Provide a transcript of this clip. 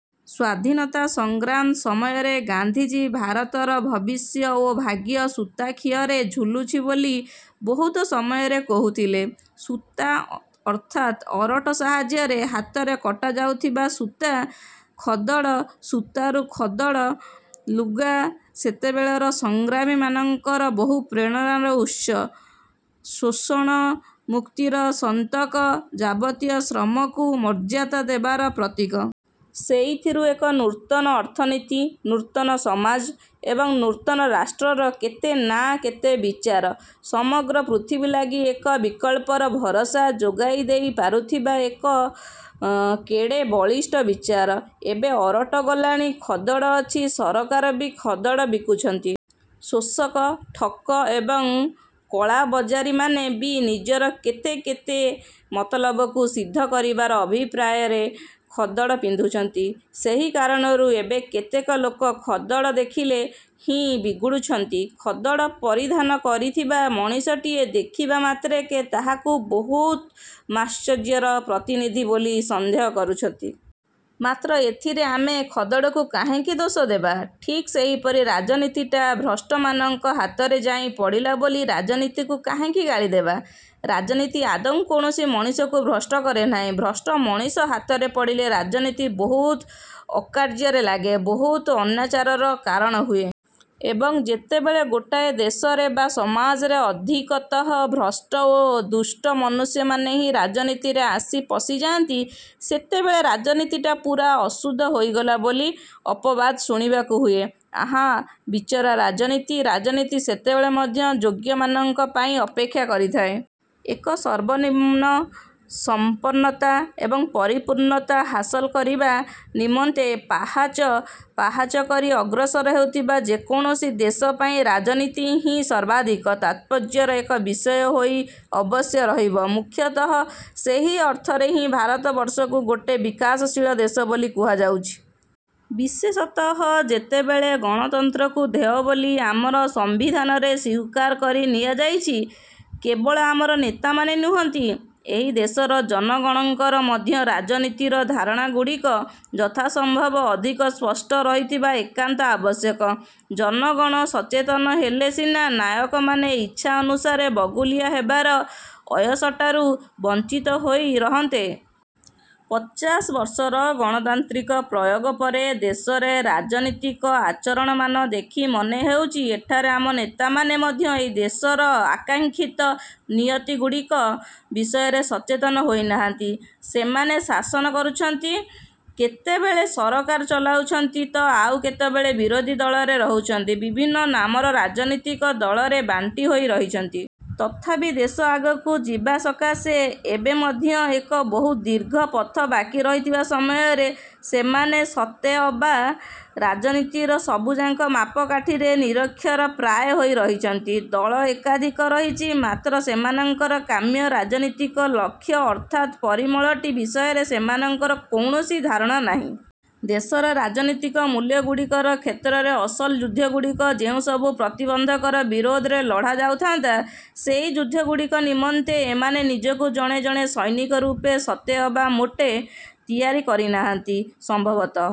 ସ୍ଵାଧୀନତା ସଂଗ୍ରାମ ସମୟରେ ଗାନ୍ଧିଜୀ ଭାରତର ଭବିଷ୍ୟ ଓ ଭାଗ୍ୟ ସୂତାଖିଅରେ ଝୁଲୁଛି ବୋଲି ବହୁତ ସମୟରେ କହୁଥିଲେ। ସୂତା ଅର୍ଥାତ୍ ଅରଟ ସାହାଯ୍ୟରେ ହାତରେ କଟାଯାଉଥିବା ସୂତା। ଖଦଡ଼ ସୂତାରୁ ଖଦଡ଼ ଲୁଗା। ସେତେବେଳର ସଂଗ୍ରାମୀମାନଙ୍କର ବହୁ ପ୍ରେରଣାର ଉତ୍ସ। ଶୋଷଣମୁକ୍ତିର ସନ୍ତକ, ଯାବତୀୟ ଶ୍ରମକୁ ମର୍ଯ୍ୟାଦା ଦେବାର ପ୍ରତୀକ। ସେଇଥିରୁ ଏକ ନୂତନ ଅର୍ଥନୀତି, ନୂତନ ସମାଜ ଏବଂ ନୂତନ ରାଷ୍ଟ୍ରର କେତେ ନା କେତେ ବିଚାର-। ସମଗ୍ର ପୃଥିବୀ ଲାଗି ଏକ ବିକଳ୍ପର ଭରସା ଯୋଗାଇଦେଇ ପାରୁଥିବା ଏକ କେଡ଼େ ବଳିଷ୍ଠ ବିଚାର। ଏବେ ଅରଟ ଗଲାଣି, ଖଦଡ଼ ଅଛି। ସରକାର ବି ଖଦଡ଼ ବିକୁଛନ୍ତି। ଶୋଷକ, ଠକ ଏବଂ କଳାବଜାରୀମାନେ ବି ନିଜର କେତେ କେତେ ମତଲବକୁ ସିଦ୍ଧ କରିବାର ଅଭିପ୍ରାୟରେ ଖଦଡ଼ ପିନ୍ଧୁଛନ୍ତି। ସେହି କାରଣରୁ ଏବେ କେତେକ ଲୋକ ଖଦଡ଼ ଦେଖିଲେ ହିଁ ବିଗୁଡ଼ୁଛନ୍ତି, ଖଦଡ଼ ପରିଧାନ କରିଥିବା ମଣିଷଟିଏ ଦେଖିବା ମାତ୍ରକେ ତାହାକୁ ବହୁମାଶ୍ଚର୍ଯ୍ୟର ପ୍ରତିନିଧି ବୋଲି ସନ୍ଦେହ କରୁଛନ୍ତି। ମାତ୍ର ଏଥିରେ ଆମେ ଖଦଡ଼କୁ କାହିଁକି ଦୋଷ ଦେବା? ଠିକ୍ ସେହିପରି ରାଜନୀତିଟା ଭ୍ରଷ୍ଟମାନଙ୍କ ହାତରେ ଯାଇ ପଡ଼ିଲା ବୋଲି ରାଜନୀତିକୁ କାହିଁକି ଗାଳିଦେବା? ରାଜନୀତି ଆଦୌ କୌଣସି ମଣିଷକୁ ଭ୍ରଷ୍ଟ କରେନାହିଁ। ଭ୍ରଷ୍ଟ ମଣିଷ ହାତରେ ପଡ଼ିଲେ ରାଜନୀତି ବହୁତ ଅକାର୍ଯ୍ୟରେ ଲାଗେ, ବହୁତ ଅନାଚାରର କାରଣହୁଏ। ଏବଂ, ଯେତେବେଳେ ଗୋଟାଏ ଦେଶରେ ବା ସମାଜରେ ଅଧିକତଃ ଭ୍ରଷ୍ଟ ଓ ଦୁଷ୍ଟ ମନୁଷ୍ୟମାନେ ହିଁ ରାଜନୀତିରେ ଆସି ପଶିଯାନ୍ତି, ସେତେବେଳେ ରାଜନୀତିଟା ପୂରା ଅଶୁଦ୍ଧ ହୋଇଗଲା ବୋଲି ଅପବାଦ ଶୁଣିବାକୁ ହୁଏ। ଆହା, ବିଚରା ରାଜନୀତି, ରାଜନୀତି ସେତେବେଳେ ମଧ୍ୟ ଯୋଗ୍ୟମାନଙ୍କ ପାଇଁ ଅପେକ୍ଷା କରିଥାଏ। ଏକ ସର୍ବନିମ୍ନ ସମ୍ପନ୍ନତା ଏବଂ ପରିପୂର୍ଣ୍ଣତା ହାସଲ କରିବା ନିମନ୍ତେ ପାହାଚ ପାହାଚ କରି ଅଗ୍ରସର ହେଉଥିବା ଯେକୌଣସି ଦେଶ ପାଇଁ ରାଜନୀତି ହିଁ ସର୍ବାଧିକ ତାତ୍ପର୍ଯ୍ୟର ଏକ ବିଷୟ ହୋଇ ଅବଶ୍ୟ ରହିବ। ମୁଖ୍ୟତଃ ସେହି ଅର୍ଥରେ ହିଁ ଭାରତବର୍ଷକୁ ଗୋଟିଏ ବିକାଶଶୀଳ ଦେଶ ବୋଲି କୁହାଯାଉଛି। ବିଶେଷତଃ ଯେତେବେଳେ ଗଣତନ୍ତ୍ରକୁ ଧ୍ୟେୟ ବୋଲି ଆମର ସମ୍ବିଧାନରେ ସ୍ୱୀକାର କରି ନିଆଯାଇଛି, କେବଳ ଆମର ନେତାମାନେ ନୁହନ୍ତି, ଏହି ଦେଶର ଜନଗଣଙ୍କର ମଧ୍ୟ ରାଜନୀତିର ଧାରଣାଗୁଡ଼ିକ ଯଥାସମ୍ଭବ ଅଧିକ ସ୍ପଷ୍ଟ ରହିଥିବା ଏକାନ୍ତ ଆବଶ୍ୟକ। ଜନଗଣ ସଚେତନ ହେଲେ ସିନା ନାୟକମାନେ ଇଚ୍ଛା ଅନୁସାରେ ବଗୁଲିଆ ହେବାର ଅୟସଟାରୁ ବଂଚିତ ହୋଇ ରହନ୍ତେ। ପଚାଶ ବର୍ଷର ଗଣତାନ୍ତ୍ରିକ ପ୍ରୟୋଗ ପରେ ଦେଶରେ ରାଜନୀତିକ ଆଚରଣମାନ ଦେଖି ମନେହେଉଛି, ଏଠାରେ ଆମ ନେତାମାନେ ମଧ୍ୟ ଏହି ଦେଶର ଆକାଂକ୍ଷିତ ନିୟତିଗୁଡ଼ିକ ବିଷୟରେ ସଚେତନ ହୋଇନାହାନ୍ତି। ସେମାନେ ଶାସନ କରୁଛନ୍ତି; କେତେବେଳେ ସରକାର ଚଳାଉଛନ୍ତି ତ ଆଉ କେତେବେଳେ ବିରୋଧିଦଳରେ ରହୁଛନ୍ତି। ବିଭିନ୍ନ ନାମର ରାଜନୀତିକ ଦଳରେ ବାଣ୍ଟି ହୋଇ ରହିଛନ୍ତି। ତଥାପି ଦେଶ ଆଗକୁ ଯିବା ସକାଶେ ଏବେ ମଧ୍ୟ ଏକ ବହୁଦୀର୍ଘ ପଥ ବାକି ରହିଥିବା ସମୟରେ ସେମାନେ ସତେଅବା ରାଜନୀତିର ସବୁଯାକ ମାପକାଠିରେ ନିରକ୍ଷର ପ୍ରାୟ ହୋଇ ରହିଛନ୍ତି। ଦଳ ଏକାଧିକ ରହିଛି, ମାତ୍ର ସେମାନଙ୍କର କାମ୍ୟ ରାଜନୀତିକ ଲକ୍ଷ୍ୟ ଅର୍ଥାତ୍ ପରିମଳଟି ବିଷୟରେ ସେମାନଙ୍କର କୌଣସି ଧାରଣା ନାହିଁ। ଦେଶରେ ରାଜନୀତିକ ମୂଲ୍ୟଗୁଡ଼ିକର କ୍ଷେତ୍ରରେ ଅସଲ ଯୁଦ୍ଧଗୁଡ଼ିକ ଯେଉଁସବୁ ପ୍ରତିବନ୍ଧକର ବିରୋଧରେ ଲଢ଼ା ଯାଉଥାନ୍ତା, ସେହି ଯୁଦ୍ଧଗୁଡ଼ିକ ନିମନ୍ତେ ଏମାନେ ନିଜକୁ ଜଣେ ଜଣେ ସୈନିକ ରୂପେ ସତେଅବା ମୋଟେ ତିଆରି କରିନାହାନ୍ତି। ସମ୍ଭବତଃ